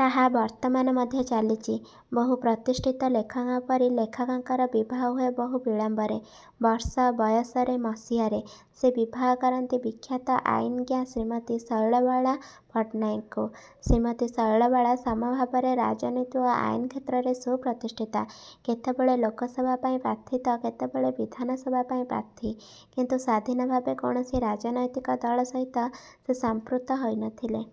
ତାହା ବର୍ତ୍ତମାନ ମଧ୍ୟ ଚାଲିଛି। ବହୁ ପ୍ରତିଷ୍ଠିତ ଲେଖକଙ୍କ ପରି ଲେଖକଙ୍କର ବିବାହ ହୁଏ ବହୁ ବିଳମ୍ବରେ। ବର୍ଷ ବୟସରେ ମସିହାରେ ସେ ବିବାହ କରନ୍ତି ବିଖ୍ୟାତ ଆଇନଜ୍ଞା ଶ୍ରୀମତୀ ଶୈଳବାଳା ପଟ୍ଟନାୟକଙ୍କୁ। ଶ୍ରୀମତୀ ଶୈଳବାଳା ସମଭାବରେ ରାଜନୀତି ଓ ଆଇନ କ୍ଷେତ୍ରରେ ସୁପ୍ରତିଷ୍ଠିତା। କେତେବେଳେ ଲୋକସଭା ପାଇଁ ପ୍ରାର୍ଥୀ ତ କେତେବେଳେ ବିଧାନସଭା ପାଇଁ ପ୍ରାର୍ଥୀ; କିନ୍ତୁ ସ୍ୱାଧୀନ ଭାବେ କୌଣସି ରାଜନୈତିକ ଦଳ ସହିତ ସେ ସଂପୃକ୍ତ ହୋଇ ନ ଥିଲେ।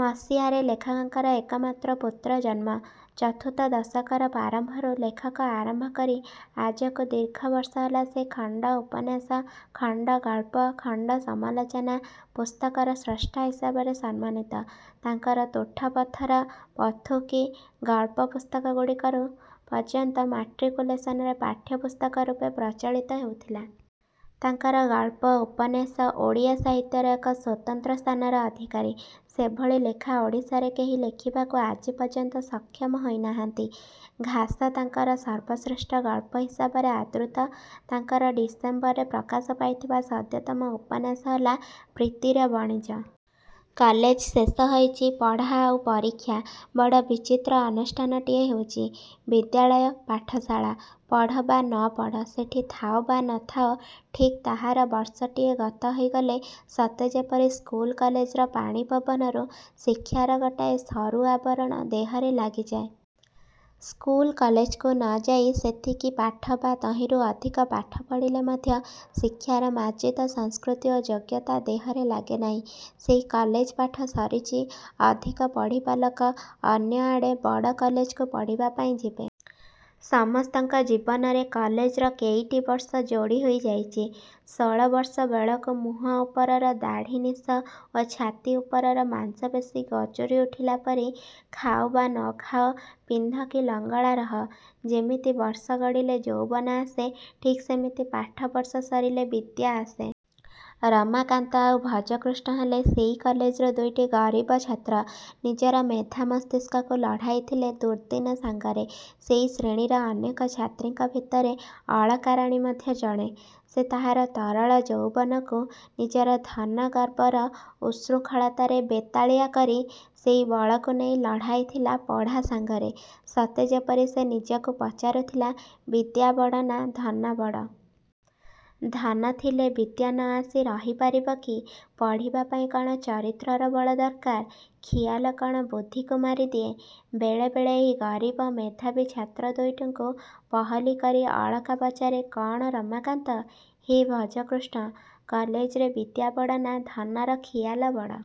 ମସିହାରେ ଲେଖକଙ୍କର ଏକମାତ୍ର ପୁତ୍ର ଜନ୍ମ। ଚତୁର୍ଥ ଦଶକର ପ୍ରାରମ୍ଭରୁ ଲେଖା ଆରମ୍ଭ କରି ଆଜକୁ ଦୀର୍ଘ ବର୍ଷ ହେଲା ସେ ଖଣ୍ଡ ଉପନ୍ୟାସ, ଖଣ୍ଡ ଗଳ୍ପ, ଖଣ୍ଡ ସମାଲୋଚନା ପୁସ୍ତକର ସ୍ରଷ୍ଟା ହିସାବରେ ସମ୍ମାନିତ। ତାଙ୍କର 'ତୁଠପଥର', 'ପଥୁକୀ', ଗଳ୍ପ ପୁସ୍ତକଗୁଡ଼ିକ ରୁ ପର୍ଯ୍ୟନ୍ତ ମ୍ୟାଟ୍ରିକୁଲେସନରେ ପାଠ୍ୟପୁସ୍ତକ ରୂପେ ପ୍ରଚଳିତ ହେଉଥିଲା। ତାଙ୍କର ଗଳ୍ପ ଉପନ୍ୟାସ ଓଡ଼ିଆ ସାହିତ୍ୟର ଏକ ସ୍ୱତନ୍ତ୍ର ସ୍ଥାନର ଅଧିକାରୀ। ସେଭଳି ଲେଖା ଓଡ଼ିଶାରେ କେହି ଲେଖିବାକୁ ଆଜିପର୍ଯ୍ୟନ୍ତ ସକ୍ଷମ ହୋଇ ନାହାନ୍ତି। 'ଘାସ' ତାଙ୍କର ସର୍ବଶ୍ରେଷ୍ଠ ଗଳ୍ପ ହିସାବରେ ଆଦୃତ। ତାଙ୍କର ଡିସେମ୍ବରରେ ପ୍ରକାଶ ପାଇଥିବା ସଦ୍ୟତମ ଉପନ୍ୟାସ ହେଲା 'ପ୍ରୀତିର ବଣିଜ'। କଲେଜ ଶେଷ ହୋଇଛି-ପଢ଼ା ଆଉ ପରୀକ୍ଷା। ବଡ଼ ବିଚିତ୍ର ଅନୁଷ୍ଠାନଟିଏ ହେଉଛି ବିଦ୍ୟାଳୟ-ପାଠଶାଳା। ପଢ଼ ବା ନ ପଢ଼, ସେଠି ଥାଅ ବା ନ ଥାଅ, ଠିକ୍ ତାହାର ବର୍ଷଟିଏ ଗତ ହେଇଗଲେ ସତେ ଯେପରି ସ୍କୁଲ କଲେଜର ପାଣି ପବନରୁ ଶିକ୍ଷାର ଗୋଟାଏ ସରୁ ଆବରଣ ଦେହରେ ଲାଗିଯାଏ। ସ୍କୁଲ କଲେଜକୁ ନ ଯାଇ ସେତିକି ପାଠ ବା ତହିଁରୁ ଅଧିକ ପାଠ ପଢ଼ିଲେ ମଧ୍ୟ ଶିକ୍ଷାର ମାର୍ଜିତ ସଂସ୍କୃତି ଓ ଯୋଗ୍ୟତା ଦେହରେ ଲାଗେ ନାହିଁ। ସେହି କଲେଜ ପାଠ ସରିଛି। ଅଧିକ ପଢ଼ିବା ଲୋକ ଅନ୍ୟ ଆଡ଼େ ବଡ଼ କଲେଜକୁ ପଢ଼ିବା ପାଇଁ ଯିବେ। ସମସ୍ତଙ୍କ ଜୀବନରେ କଲେଜର କେଇଟି ବର୍ଷ ଯୋଡ଼ିହୋଇ ଯାଇଛି-ଷୋଳବର୍ଷ ବେଳକୁ ମୁହଁ ଉପରର ଦାଢ଼ି ନିଶ ଓ ଛାତି ଉପରର ମାଂସପେଶୀ ଗଜୁରୀ ଉଠିଲା ପରି-। ଖାଅ ବା ନ ଖାଅ, ପିନ୍ଧ କି ଲଙ୍ଗଳା ରହ ଯେମିତି ବର୍ଷ ଗଡ଼ିଲେ ଯୌବନ ଆସେ ଠିକ୍ ସେମିତି ପାଠ-ବର୍ଷ ସରିଲେ ବିଦ୍ୟା ଆସେ। ରମାକାନ୍ତ ଆଉ ଭଜକୃଷ୍ଣ ହେଲେ ସେହି କଲେଜର ଦୁଇଟି ଗରିବ ଛାତ୍ର-ନିଜର ମେଧା ମସ୍ତିଷ୍କକୁ ଲଢ଼ାଇ ଥିଲେ ଦୁର୍ଦ୍ଦିନ ସାଙ୍ଗରେ। ସେହି ଶ୍ରେଣୀର ଅନେକ ଛାତ୍ରୀଙ୍କ ଭିତରେ ଅଳକାରାଣୀ ମଧ୍ୟ ଜଣେ। ସେ ତାହାର ତରଳ ଯୌବନକୁ ନିଜର ଧନ ଗର୍ବର ଉତ୍ସୃଙ୍ଖଳତାରେ ବେତାଳିଆ କରି ସେହି ବଳକୁ ନେଇ ଲଢ଼ାଇଥିଲା ପଢ଼ା ସାଙ୍ଗରେ-ସତେ ଯେପରି ସେ ନିଜକୁ ପଚାରୁଥିଲା- ବିଦ୍ୟା ବଡ଼ ନା ଧନ ବଡ଼? ଧନ ଥିଲେ ବିଦ୍ୟା ନ ଆସି ରହି ପାରିବ କି? ପଢ଼ିବା ପାଇଁ କ'ଣ ଚରିତ୍ରର ବଳ ଦରକାର? ଖିଆଲ କ'ଣ ବୁଦ୍ଧିକୁ ମାରିଦିଏ? ବେଳେବେଳେ ଏହି ଗରିବ ମେଧାବୀ ଛାତ୍ର ଦୁଇଟିଙ୍କୁ ପହଲି କରି ଅଳକା ପଚାରେ-କ'ଣ ରମାକାନ୍ତ? -ହେ ଭଜକୃଷ୍ଣ? -କଲେଜରେ ବିଦ୍ୟା ବଡ଼ ନା ଧନର ଖିଆଲ ବଡ଼?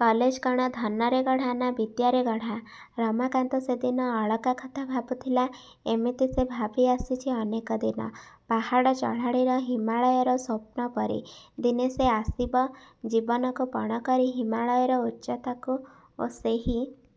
କଲେଜ କ'ଣ ଧନରେ ଗଢ଼ା ନା ବିଦ୍ୟାରେ ଗଢ଼ା? ରମାକାନ୍ତ ସେଦିନ ଅଳକା କଥା ଭାବୁଥିଲା। ଏମିତି ସେ ଭାବି ଆସିଛି ଅନେକ ଦିନ-ପାହାଡ଼ ଚଢ଼ାଳୀର ହିମାଳୟର ସ୍ୱପ୍ନ ପରି। ଦିନେ ସେ ଆସିବ। ଜୀବନକୁ ପଣ କରି ହିମାଳୟର ଉଚ୍ଚତାକୁ ଓ ସେହି